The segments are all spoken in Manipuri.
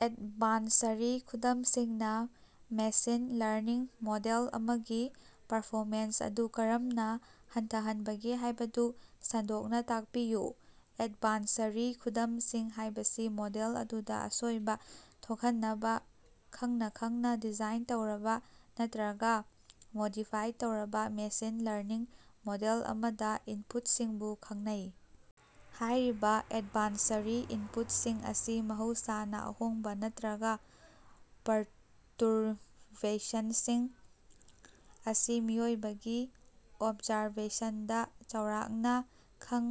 ꯑꯦꯗꯚꯥꯟꯁꯔꯤ ꯈꯨꯗꯝꯁꯤꯡꯅ ꯃꯦꯁꯤꯟ ꯂꯔꯅꯤꯡ ꯃꯣꯗꯦꯜ ꯑꯃꯒꯤ ꯄꯔꯐꯣꯃꯦꯟꯁ ꯑꯗꯨ ꯀꯔꯝꯅ ꯍꯟꯊꯍꯟꯕꯒꯦ ꯍꯥꯏꯕꯗꯨ ꯁꯟꯗꯣꯛꯅ ꯇꯥꯛꯄꯤꯌꯨ꯫ ꯑꯦꯗꯚꯥꯟꯁꯔꯤ ꯈꯨꯗꯝꯁꯤꯡ ꯍꯥꯏꯕꯁꯤ ꯃꯣꯗꯦꯜ ꯑꯗꯨꯗ ꯑꯁꯣꯏꯕ ꯊꯣꯛꯍꯟꯅꯕ ꯈꯪꯅ ꯈꯪꯅ ꯗꯤꯖꯥꯏꯟ ꯇꯧꯔꯕ ꯅꯠꯇ꯭ꯔꯒ ꯃꯣꯗꯤꯐꯥꯏ ꯇꯧꯔꯕ ꯃꯦꯁꯤꯟ ꯂꯔꯅꯤꯡ ꯃꯣꯗꯦꯜ ꯑꯃꯗ ꯏꯟꯄꯨꯠꯁꯤꯡꯕꯨ ꯈꯪꯅꯩ꯫ ꯍꯥꯏꯔꯤꯕ ꯑꯦꯗꯚꯥꯟꯁꯔꯤ ꯏꯟꯄꯨꯠꯁꯤꯡ ꯑꯁꯤ ꯃꯍꯧꯁꯥꯅ ꯑꯍꯣꯡꯕ ꯅꯠꯇ꯭ꯔꯒ ꯄꯔꯇꯨꯔꯕꯦꯁꯟꯁꯤꯡ ꯑꯁꯤ ꯃꯤꯑꯣꯏꯕꯒꯤ ꯑꯣꯕꯖꯥꯔꯕꯦꯁꯟꯗ ꯆꯥꯎꯔꯥꯛꯅ ꯈꯡ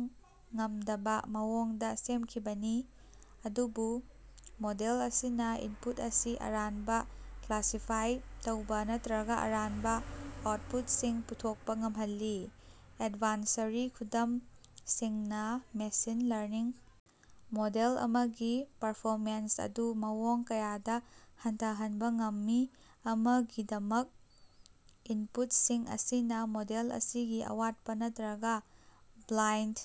ꯉꯝꯗꯕ ꯃꯑꯣꯡꯗ ꯁꯦꯝꯈꯤꯕꯅꯤ, ꯑꯗꯨꯕꯨ ꯃꯣꯗꯦꯜ ꯑꯁꯤꯅ ꯏꯟꯄꯨꯠ ꯑꯁꯤ ꯑꯔꯥꯟꯕ ꯀ꯭ꯂꯥꯁꯤꯐꯥꯏ ꯇꯧꯕ ꯅꯠꯇ꯭ꯔꯒ ꯑꯔꯥꯟꯕ ꯑꯥꯎꯠꯄꯨꯠꯁꯤꯡ ꯄꯨꯊꯣꯛꯄ ꯉꯝꯍꯜꯂꯤ꯫ ꯑꯦꯗꯚꯥꯟꯁꯔꯤ ꯈꯨꯗꯝꯁꯤꯡꯅ ꯃꯦꯁꯤꯟ ꯂꯔꯅꯤꯡ ꯃꯣꯗꯦꯜ ꯑꯃꯒꯤ ꯄꯔꯐꯣꯃꯦꯟꯁ ꯑꯗꯨ ꯃꯑꯣꯡ ꯀꯌꯥꯗ ꯍꯟꯊꯍꯟꯕ ꯉꯝꯃꯤ꯫ ꯑꯃꯒꯤꯗꯃꯛ, ꯏꯟꯄꯨꯠꯁꯤꯡ ꯑꯁꯤꯅ ꯃꯣꯗꯦꯜ ꯑꯁꯤꯒꯤ ꯑꯋꯥꯠꯄ ꯅꯠꯇ꯭ꯔꯒ ꯕ꯭ꯂꯥꯏꯟꯗ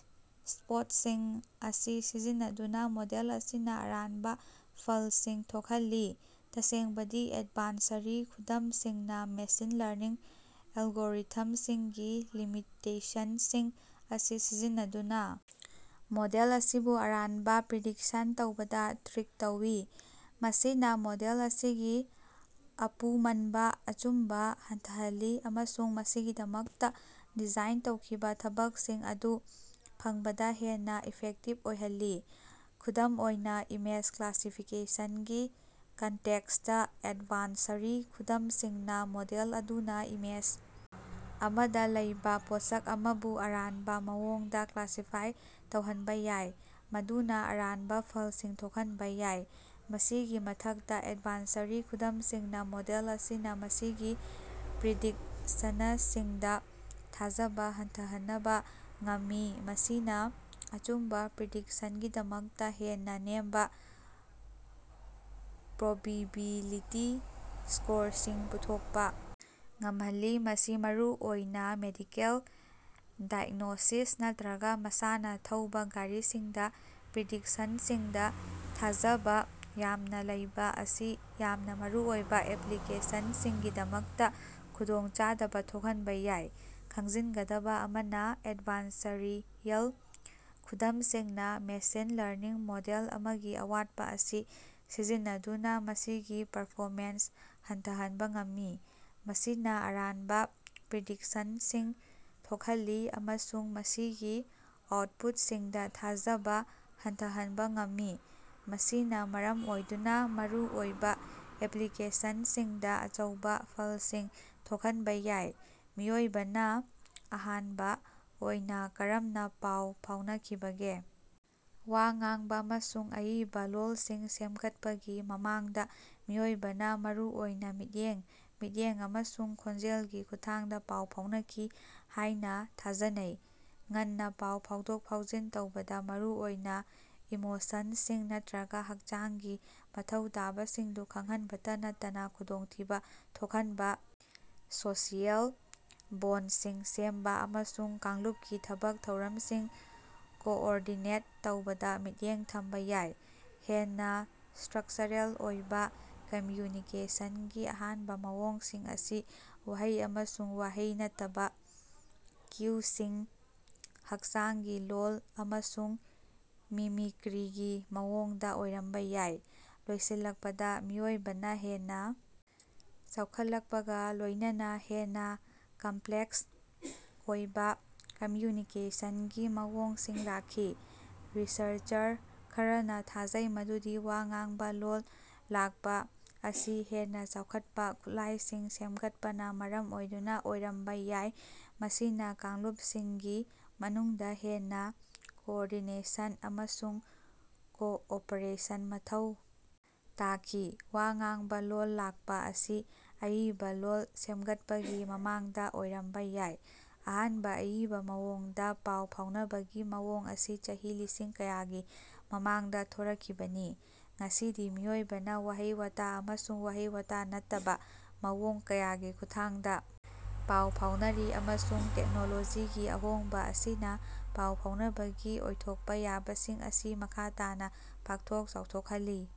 ꯁ꯭ꯄꯣꯠꯁꯤꯡ ꯑꯁꯤ ꯁꯤꯖꯤꯟꯅꯗꯨꯅ ꯃꯣꯗꯦꯜ ꯑꯁꯤꯅ ꯑꯔꯥꯟꯕ ꯐꯜꯁꯤꯡ ꯊꯣꯛꯍꯜꯂꯤ꯫ ꯇꯁꯦꯡꯕꯗꯤ, ꯑꯦꯗꯚꯥꯟꯁꯔꯤ ꯈꯨꯗꯝꯁꯤꯡꯅ ꯃꯦꯁꯤꯟ ꯂꯔꯅꯤꯡ ꯑꯦꯜꯒꯣꯔꯤꯊꯝꯁꯤꯡꯒꯤ ꯂꯤꯃꯤꯇꯦꯁꯟꯁꯤꯡ ꯑꯁꯤ ꯁꯤꯖꯤꯟꯅꯗꯨꯅ ꯃꯣꯗꯦꯜ ꯑꯁꯤꯕꯨ ꯑꯔꯥꯟꯕ ꯄ꯭ꯔꯤꯗꯤꯛꯁꯟ ꯇꯧꯕꯗ "ꯇ꯭ꯔꯤꯛ" ꯇꯧꯏ꯫ ꯃꯁꯤꯅ ꯃꯣꯗꯦꯜ ꯑꯁꯤꯒꯤ ꯑꯄꯨꯃꯟꯕ ꯑꯆꯨꯝꯕ ꯍꯟꯊꯍꯜꯂꯤ ꯑꯃꯁꯨꯡ ꯃꯁꯤꯒꯤꯗꯃꯛꯇ ꯗꯤꯖꯥꯏꯟ ꯇꯧꯈꯤꯕ ꯊꯕꯛꯁꯤꯡ ꯑꯗꯨ ꯐꯪꯕꯗ ꯍꯦꯟꯅ ꯏꯐꯦꯛꯇꯤꯕ ꯑꯣꯏꯍꯜꯂꯤ꯫ ꯈꯨꯗꯝ ꯑꯣꯏꯅ, ꯏꯃꯦꯖ ꯀ꯭ꯂꯥꯁꯤꯐꯤꯀꯦꯁꯟꯒꯤ ꯀꯟꯇꯦꯛꯁꯇ, ꯑꯦꯗꯚꯥꯟꯁꯔꯤ ꯈꯨꯗꯝꯁꯤꯡꯅ ꯃꯣꯗꯦꯜ ꯑꯗꯨꯅ ꯏꯃꯦꯖ ꯑꯃꯗ ꯂꯩꯕ ꯄꯣꯠꯁꯛ ꯑꯃꯕꯨ ꯑꯔꯥꯟꯕ ꯃꯑꯣꯡꯗ ꯀ꯭ꯂꯥꯁꯤꯐꯥꯏ ꯇꯧꯍꯟꯕ ꯌꯥꯏ, ꯃꯗꯨꯅ ꯑꯔꯥꯟꯕ ꯐꯜꯁꯤꯡ ꯊꯣꯛꯍꯟꯕ ꯌꯥꯏ꯫ ꯃꯁꯤꯒꯤ ꯃꯊꯛꯇ, ꯑꯦꯗꯚꯥꯟꯁꯔꯤ ꯈꯨꯗꯝꯁꯤꯡꯅ ꯃꯣꯗꯦꯜ ꯑꯁꯤꯅ ꯃꯁꯤꯒꯤ ꯄ꯭ꯔꯤꯗꯤꯛꯁꯅꯁꯤꯡꯗꯥ ꯊꯥꯖꯕꯥ ꯍꯟꯊꯍꯅꯕꯥ ꯉꯝꯃꯤ, ꯃꯁꯤꯅ ꯑꯆꯨꯝꯕ ꯄ꯭ꯔꯤꯗꯤꯛꯁꯟꯒꯤꯗꯃꯛꯇ ꯍꯦꯟꯅ ꯅꯦꯝꯕ ꯄ꯭ꯔꯣꯕꯤꯕꯤꯂꯤꯇꯤ ꯁ꯭ꯀꯣꯔꯁꯤꯡ ꯄꯨꯊꯣꯛꯄ ꯉꯝꯍꯜꯂꯤ꯫ ꯃꯁꯤ ꯃꯔꯨꯑꯣꯏꯅ ꯃꯦꯗꯤꯀꯦꯜ ꯗꯥꯏꯒ꯭ꯅꯣꯁꯤꯁ ꯅꯠꯇ꯭ꯔꯒ ꯃꯁꯥꯅ ꯊꯧꯕ ꯒꯥꯔꯤꯁꯤꯡꯗ ꯄ꯭ꯔꯤꯗꯤꯛꯁꯟꯁꯤꯡꯗ ꯊꯥꯖꯕ ꯌꯥꯝꯅ ꯂꯩꯕ ꯑꯁꯤ ꯌꯥꯝꯅ ꯃꯔꯨꯑꯣꯏꯕ ꯑꯦꯄ꯭ꯂꯤꯀꯦꯁꯟꯁꯤꯡꯒꯤꯗꯃꯛꯇ ꯈꯨꯗꯣꯡꯆꯥꯗꯕ ꯊꯣꯛꯍꯟꯕ ꯌꯥꯏ꯫ ꯈꯪꯖꯤꯟꯒꯗꯕ ꯑꯃꯅ, ꯑꯦꯗꯚꯥꯟꯁꯔꯤꯌꯜ ꯈꯨꯗꯝꯁꯤꯡꯅ ꯃꯦꯁꯤꯟ ꯂꯔꯅꯤꯡ ꯃꯣꯗꯦꯜ ꯑꯃꯒꯤ ꯑꯋꯥꯠꯄ ꯑꯁꯤ ꯁꯤꯖꯤꯟꯅꯗꯨꯅ ꯃꯁꯤꯒꯤ ꯄꯔꯐꯣꯃꯦꯟꯁ ꯍꯟꯊꯍꯟꯕ ꯉꯝꯃꯤ, ꯃꯁꯤꯅ ꯑꯔꯥꯟꯕ ꯄ꯭ꯔꯤꯗꯤꯛꯁꯟꯁꯤꯡ ꯊꯣꯛꯍꯜꯂꯤ ꯑꯃꯁꯨꯡ ꯃꯁꯤꯒꯤ ꯑꯥꯎꯠꯄꯨꯠꯁꯤꯡꯗ ꯊꯥꯖꯕ ꯍꯟꯊꯍꯟꯕ ꯉꯝꯃꯤ, ꯃꯁꯤꯅ ꯃꯔꯝ ꯑꯣꯏꯗꯨꯅ ꯃꯔꯨ ꯑꯣꯏꯕ ꯑꯦꯄ꯭ꯂꯤꯀꯦꯁꯟꯁꯤꯡꯗ ꯑꯆꯧꯕ ꯐꯜꯁꯤꯡ ꯊꯣꯛꯍꯟꯕ ꯌꯥꯏ꯫ ꯃꯤꯑꯣꯏꯕꯅ ꯑꯍꯥꯟꯕ ꯑꯣꯏꯅ ꯀꯔꯝꯅ ꯄꯥꯎ ꯐꯥꯎꯅꯈꯤꯕꯒꯦ? ꯋꯥ ꯉꯥꯡꯕ ꯑꯃꯁꯨꯡ ꯑꯏꯕ ꯂꯣꯜꯁꯤꯡ ꯁꯦꯝꯒꯠꯄꯒꯤ ꯃꯃꯥꯡꯗ ꯃꯤꯑꯣꯏꯕꯅ ꯃꯔꯨ ꯑꯣꯏꯅ ꯃꯤꯠꯌꯦꯡ, ꯃꯤꯠꯌꯦꯡ ꯑꯃꯁꯨꯡ ꯈꯣꯟꯖꯦꯜꯒꯤ ꯈꯨꯠꯊꯥꯡꯗ ꯄꯥꯎ ꯐꯥꯎꯅꯈꯤ ꯍꯥꯏꯅ ꯊꯥꯖꯅꯩ꯫ ꯉꯟꯅ ꯄꯥꯎ ꯐꯥꯎꯗꯣꯛ-ꯐꯥꯎꯖꯤꯟ ꯇꯧꯕꯗ ꯃꯔꯨꯑꯣꯏꯅ ꯏꯃꯣꯁꯟꯁꯤꯡ ꯅꯠꯇ꯭ꯔꯒ ꯍꯛꯆꯥꯡꯒꯤ ꯃꯊꯧ ꯇꯥꯕꯁꯤꯡꯗꯨ ꯈꯪꯍꯟꯕꯇ ꯅꯠꯇꯅ ꯈꯨꯗꯣꯡꯊꯤꯕ ꯊꯣꯛꯍꯟꯕ, ꯁꯣꯁꯤꯑꯦꯜ ꯕꯣꯟꯗꯁꯤꯡ ꯁꯦꯝꯕ, ꯑꯃꯁꯨꯡ ꯀꯥꯡꯂꯨꯞꯀꯤ ꯊꯕꯛ-ꯊꯧꯔꯝꯁꯤꯡ ꯀꯣꯑꯣꯔꯗꯤꯅꯦꯠ ꯇꯧꯕꯗ ꯃꯤꯠꯌꯦꯡ ꯊꯝꯕ ꯌꯥꯏ꯫ ꯍꯦꯟꯅ ꯁ꯭ꯇꯔꯛꯆꯔꯦꯜ ꯑꯣꯏꯕ ꯀꯝꯃ꯭ꯌꯨꯅꯤꯀꯦꯁꯟꯒꯤ ꯑꯍꯥꯟꯕ ꯃꯑꯣꯡꯁꯤꯡ ꯑꯁꯤ ꯋꯥꯍꯩ ꯑꯃꯁꯨꯡ ꯋꯥꯍꯩ ꯅꯠꯇꯕ ꯀ꯭ꯌꯨꯁꯤꯡ, ꯍꯛꯆꯥꯡꯒꯤ ꯂꯣꯜ ꯑꯃꯁꯨꯡ ꯃꯤꯃꯤꯀ꯭ꯔꯤꯒꯤ ꯃꯑꯣꯡꯗ ꯑꯣꯏꯔꯝꯕ ꯌꯥꯏ꯫ ꯂꯣꯏꯁꯤꯜꯂꯛꯄꯗ ꯃꯤꯑꯣꯏꯕꯅ ꯍꯦꯟꯅ ꯆꯥꯎꯈꯠꯂꯛꯄꯒ ꯂꯣꯏꯅꯅ ꯍꯦꯟꯅ ꯀꯝꯄ꯭ꯂꯦꯛꯁ ꯑꯣꯏꯕ ꯀꯝꯃ꯭ꯌꯨꯅꯤꯀꯦꯁꯟꯒꯤ ꯃꯑꯣꯡꯁꯤꯡ ꯂꯥꯛꯈꯤ꯫ ꯔꯤꯁꯔꯆꯔ ꯈꯔꯅ ꯊꯥꯖꯩ ꯃꯗꯨꯗꯤ ꯋꯥ ꯉꯥꯡꯕ ꯂꯣꯜ ꯂꯥꯛꯄ ꯑꯁꯤ ꯍꯦꯟꯅ ꯆꯥꯎꯈꯠꯄ ꯈꯨꯠꯂꯥꯏꯁꯤꯡ ꯁꯦꯝꯒꯠꯄꯅ ꯃꯔꯝ ꯑꯣꯏꯗꯨꯅ ꯑꯣꯏꯔꯝꯕ ꯌꯥꯏ, ꯃꯁꯤꯅ ꯀꯥꯡꯂꯨꯞꯁꯤꯡꯒꯤ ꯃꯅꯨꯡꯗ ꯍꯦꯟꯅ ꯀꯣꯑꯣꯔꯗꯤꯅꯦꯁꯟ ꯑꯃꯁꯨꯡ ꯀꯣꯑꯣꯄꯔꯦꯁꯟ ꯃꯊꯧ ꯇꯥꯈꯤ꯫ ꯋꯥ ꯉꯥꯡꯕ ꯂꯣꯜ ꯂꯥꯛꯄ ꯑꯁꯤ ꯑꯏꯕ ꯂꯣꯜ ꯁꯦꯝꯒꯠꯄꯒꯤ ꯃꯃꯥꯡꯗ ꯑꯣꯏꯔꯝꯕ ꯌꯥꯏ, ꯑꯍꯥꯟꯕ ꯑꯏꯕ ꯃꯑꯣꯡꯗ ꯄꯥꯎ ꯐꯥꯎꯅꯕꯒꯤ ꯃꯑꯣꯡ ꯑꯁꯤ ꯆꯍꯤ ꯂꯤꯁꯤꯡ ꯀꯌꯥꯒꯤ ꯃꯃꯥꯡꯗ ꯊꯣꯔꯛꯈꯤꯕꯅꯤ꯫ ꯉꯁꯤꯗꯤ ꯃꯤꯑꯣꯏꯕꯅ ꯋꯥꯍꯩ-ꯋꯥꯇꯥ ꯑꯃꯁꯨꯡ ꯋꯥꯍꯩ-ꯋꯥꯇꯥ ꯅꯠꯇꯕ ꯃꯑꯣꯡ ꯀꯌꯥꯒꯤ ꯈꯨꯠꯊꯥꯡꯗ ꯄꯥꯎ ꯐꯥꯎꯅꯔꯤ, ꯑꯃꯁꯨꯡ ꯇꯦꯛꯅꯣꯂꯣꯖꯤꯒꯤ ꯑꯍꯣꯡꯕ ꯑꯁꯤꯅ ꯄꯥꯎ ꯐꯥꯎꯅꯕꯒꯤ ꯑꯣꯏꯊꯣꯛꯄ ꯌꯥꯕꯁꯤꯡ ꯑꯁꯤ ꯃꯈꯥ ꯇꯥꯅ ꯄꯥꯛꯊꯣꯛ-ꯆꯥꯎꯊꯣꯛꯍꯜꯂꯤ꯫